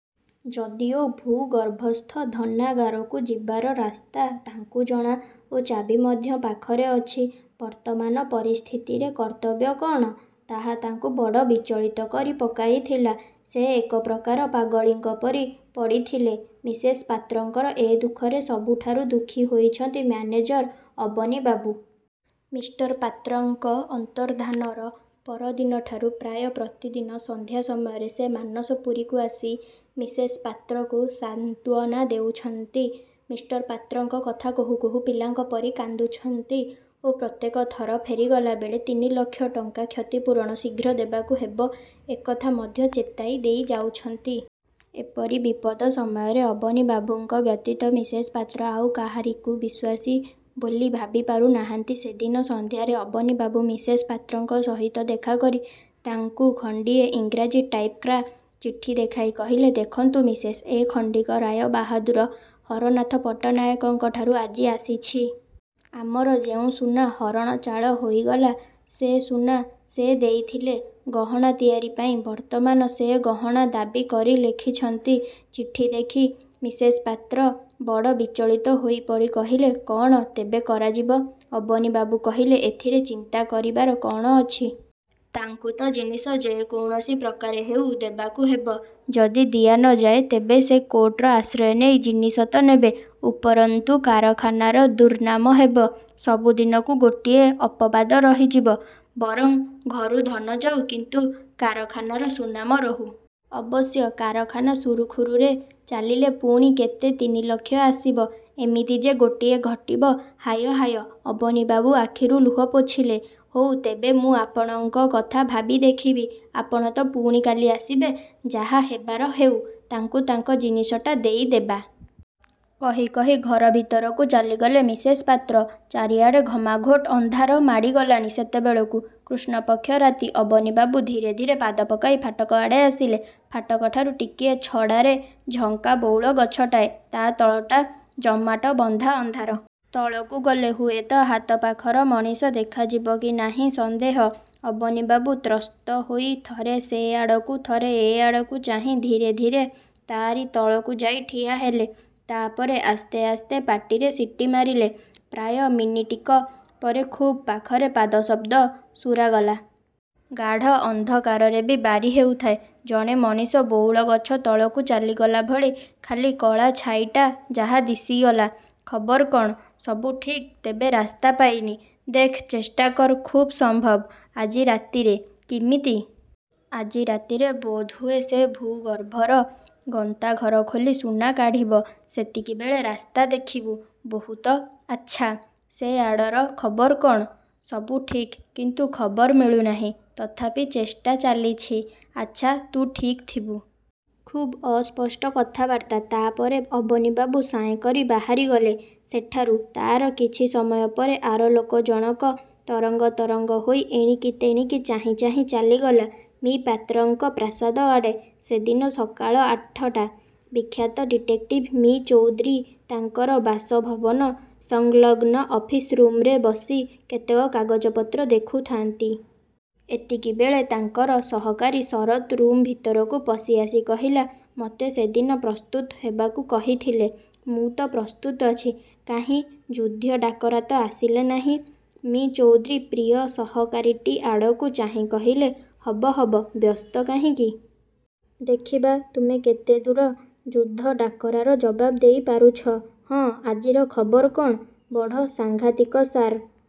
ଯଦିଓ ଭୂ-ଗର୍ଭସ୍ଥ ଧନାଗାରକୁ ଯିବାର ରାସ୍ତା ତାଙ୍କୁ ଜଣା ଓ ଚାବି ମଧ୍ୟ ପାଖରେ ଅଛି। ବର୍ତ୍ତମାନ ପରିସ୍ଥିତିରେ କର୍ତ୍ତବ୍ୟ କ'ଣ, ତାହା ତାଙ୍କୁ ବଡ଼ ବିଚଳିତ କରି ପକାଇଥିଲା। ସେ ଏକ ପ୍ରକାର ପାଗଳୀଙ୍କ ପରି ପଡ଼ିଥିଲେ। ମିସେସ୍ ପାତ୍ରଙ୍କର ଏ ଦୁଃଖରେ ସବୁଠାରୁ ଦୁଃଖୀ ହୋଇଛନ୍ତି ମ୍ୟାନେଜର ଅବନୀବାବୁ-। ମିଷ୍ଟର ପାତ୍ରଙ୍କ ଅନ୍ତର୍ଦ୍ଧାନର ପରଦିନ ଠାରୁ ପ୍ରାୟ ପ୍ରତିଦିନ ସନ୍ଧ୍ୟା ସମୟରେ ସେ ମାନସପୁରୀକୁ ଆସି ମିସେସ୍ ପାତ୍ରକୁ ସାନ୍ତ୍ୱନା ଦେଉଛନ୍ତି। ମିଷ୍ଟର ପାତ୍ରଙ୍କ କଥା କହୁ କହୁ ପିଲାଙ୍କ ପରି କାନ୍ଦୁଛନ୍ତି ଓ ପ୍ରତ୍ୟେକ ଥର ଫେରିଗଲା ବେଳେ ତିନିଲକ୍ଷ ଟଙ୍କା କ୍ଷତିପୂରଣ ଶୀଘ୍ର ଦେବାକୁ ହେବ, ଏ କଥା ମଧ୍ୟ ଚେତାଇ ଦେଇ ଯାଉଛନ୍ତି। ଏପରି ବିପଦ ସମୟରେ ଅବନୀବାବୁଙ୍କ ବ୍ୟତୀତ ମିସେସ୍ ପାତ୍ର ଆଉ କାହାରିକୁ ବିଶ୍ୱାସୀ ବୋଲି ଭାବି ପାରୁନାହାନ୍ତି। ସେ ଦିନ ସନ୍ଧ୍ୟାରେ ଅବନୀବାବୁ ମିସେସ୍ ପାତ୍ରଙ୍କ ସହିତ ଦେଖାକରି ତାଙ୍କୁ ଖଣ୍ଡିଏ ଇଂରାଜୀ ଟାଇପ୍କରା ଚିଠି ଦେଖାଇ କହିଲେ-''ଦେଖନ୍ତୁ ମିସେସ୍! ଏ ଖଣ୍ଡିକ ରାୟବାହାଦୂର ହରନାଥ ପଟ୍ଟନାୟକଙ୍କଠାରୁ ଆଜି ଆସିଛି। ଆମର ଯେଉଁ ସୁନା ହରଣଚାଳ ହୋଇଗଲା ସେ ସୁନା ସେ ଦେଇଥିଲେ ଗହଣା ତିଆରି ପାଇଁ। ବର୍ତ୍ତମାନ ସେ ଗହଣା ଦାବୀ କରି ଲେଖିଛନ୍ତି। '' ଚିଠି ଦେଖି ମିସେସ୍ ପାତ୍ର ବଡ଼ ବିଚଳିତ ହୋଇପଡ଼ି କହିଲେ-''କ'ଣ ତେବେ କରାଯିବ-? '' ଅବନୀବାବୁ କହିଲେ-''ଏଥିରେ ଚିନ୍ତା କରିବାର କ'ଣ ଅଛି? ତାଙ୍କୁ ତ ଜିନିଷ ଯେ କୌଣସି ପ୍ରକାରେ ହେଉ ଦେବାକୁ ହେବ। ଯଦି ଦିଆ ନ ଯାଏ, ତେବେ ସେ କୋର୍ଟର ଆଶ୍ରୟ ନେଇ ଜିନିଷ ତ ନେବେ; ଉପରନ୍ତୁ କାରଖାନାର ଦୁର୍ନାମ ହେବ, ସବୁ ଦିନକୁ ଗୋଟିଏ ଅପବାଦ ରହିଯିବ। ବରଂ ଘରୁ ଧନ ଯାଉ, କିନ୍ତୁ କାରଖାନାର ସୁନାମ ରହୁ। ଅବଶ୍ୟ କାରଖାନା ସୁରୁଖୁରୁରେ ଚାଲିଲେ ପୁଣି କେତେ ତିନିଲକ୍ଷ ଆସିବ। ଏମିତି ଯେ ଗୋଟାଏ ଘଟିବ; ହାୟ ହାୟ '' ଅବନୀବାବୁ ଆଖିରୁ ଲୁହ ପୋଛିଲେ। ''ହଉ ତେବେ, ମୁଁ ଆପଣଙ୍କ କଥା ଭାବି ଦେଖିବି। ଆପଣ ତ ପୁଣି କାଲି ଆସିବେ। ଯାହା ହେବାର ହେଉ, ତାଙ୍କୁ ତାଙ୍କ ଜିନିଷଟା ଦେଇ ଦେବା। '' କହି କହି ଘର ଭିତରକୁ ଚାଲିଗଲେ ମିସେସ୍ ପାତ୍ର। ଚାରିଆଡ଼େ ଘମାଘୋଟ ଅନ୍ଧାର ମାଡ଼ିଗଲାଣି ସେତେବେଳକୁ। କୃଷ୍ଣପକ୍ଷ ରାତି। ଅବନୀବାବୁ ଧୀରେ ଧୀରେ ପାଦ ପକାଇ ଫାଟକ ଆଡ଼େ ଆସିଲେ। ଫାଟକଠାରୁ ଟିକିଏ ଛଡ଼ାରେ ଝଙ୍କା ବଉଳ ଗଛଟାଏ। ତା' ତଳଟା ଜମାଟବନ୍ଧା ଅନ୍ଧାର। ତଳକୁ ଗଲେ ହୁଏତ ହାତପାଖର ମଣିଷ ଦେଖାଯିବ କି ନାହିଁ ସନ୍ଦେହ। ଅବନୀବାବୁ ତ୍ରସ୍ତହୋଇ ଥରେ ସେଆଡ଼କୁ ଥରେ ଏଆଡ଼କୁ ଚାହିଁ ଧୀରେ ଧୀରେ ତା'ରି ତଳକୁ ଯାଇ ଠିଆହେଲେ। ତା'ପରେ ଆସ୍ତେ ଆସ୍ତେ ପାଟିରେ ସିଟି ମାରିଲେ। ପ୍ରାୟ ମିନିଟିକ ପରେ ଖୁବ୍ ପାଖରେ ପାଦଶବ୍ଦ ଶୁରାଗଲା। ଗାଢ଼ ଅନ୍ଧକାରରେ ବି ବାରି ହେଉଥାଏ-ଜଣେ ମଣିଷ ବଉଳଗଛ ତଳକୁ ଚାଲିଗଲା ଭଳି; ଖାଲି କଳା ଛାଇଟା ଯାହା ଦିଶିଗଲା। ''ଖବର କ'ଣ? '' ''ସବୁ ଠିକ୍। ତେବେ ରାସ୍ତା ପାଇନି। '' ''ଦେଖ୍, ଚେଷ୍ଟା କର। ଖୁବ୍ ସମ୍ଭବ ଆଜି ରାତିରେ '' ''କିମିତି? '' ''ଆଜି ରାତିରେ ବୋଧହୁଏ ସେ ଭୂ-ଗର୍ଭର ଗନ୍ତାଘର ଖୋଲି ସୁନା କାଢ଼ିବ। ସେତିକିବେଳେ ରାସ୍ତା ଦେଖିବୁ '' ''ବହୁତ ଆଚ୍ଛା! ସେ ଆଡ଼ର ଖବର କ'ଣ? '' ''ସବୁ ଠିକ୍, କିନ୍ତୁ ଖବର ମିଳୁନାହିଁ; ତଥାପି ଚେଷ୍ଟା ଚାଲିଛି। ଆଚ୍ଛା; ତୁ ଠିକ୍ ଥିବୁ। '' ଖୁବ୍ ଅସ୍ପଷ୍ଟ କଥାବାର୍ତ୍ତା। ତା'ପରେ ଅବନୀବାବୁ ସାଏଁ କରି ବାହାରିଗଲେ ସେଠାରୁ। ତା'ର କିଛି ସମୟ ପରେ ଆରଲୋକ ଜଣକ ତରଙ୍ଗ ତରଙ୍ଗ ହୋଇ ଏଣିକି। ତେଣିକି ଚାହିଁ ଚାହିଁ ଚାଲିଗଲା ମି: ପାତ୍ରଙ୍କ ପ୍ରାସାଦଆଡ଼େ। ସେ ଦିନ ସକାଳ ଆଠଟା। ବିଖ୍ୟାତ ଡିଟେକ୍ଟିଭ୍ ମି: ଚୌଧୁରୀ ତାଙ୍କର ବାସଭବନ ସଂଲଗ୍ନ ଅଫିସ ରୁମ୍ରେ ବସି କେତେକ କାଗଜପତ୍ର ଦେଖୁଥାଆନ୍ତି। ଏତିକିବେଳେ ତାଙ୍କର ସହକାରୀ ଶରତ୍ ରୁମ୍ ଭିତରକୁ ପଶିଆସି କହିଲା-''ମୋତେ ସେଦିନ ପ୍ରସ୍ତୁତ ହେବାକୁ କହିଥିଲେ। ମୁଁ ତ ପ୍ରସ୍ତୁତ ଅଛି; କାହିଁ ଯୁଦ୍ଧ ଡାକରା ତ ହେଲା ନାହିଁ? '' ମି: ଚୌଧୁରୀ ପ୍ରିୟ ସହକାରୀଟି ଆଡ଼କୁ ଚାହିଁ କହିଲେ-''ହବ ହବ, ବ୍ୟସ୍ତ କାହିଁକି-? ଦେଖିବା ତୁମେ କେତେ ଦୂର ଯୁଦ୍ଧ ଡାକରାର ଜବାବ ଦେଇ ପାରୁଛ? ହଁ, ଆଜିର ଖବର କ'ଣ-? '' ''ବଡ଼ ସାଂଘାତିକ ସାର୍!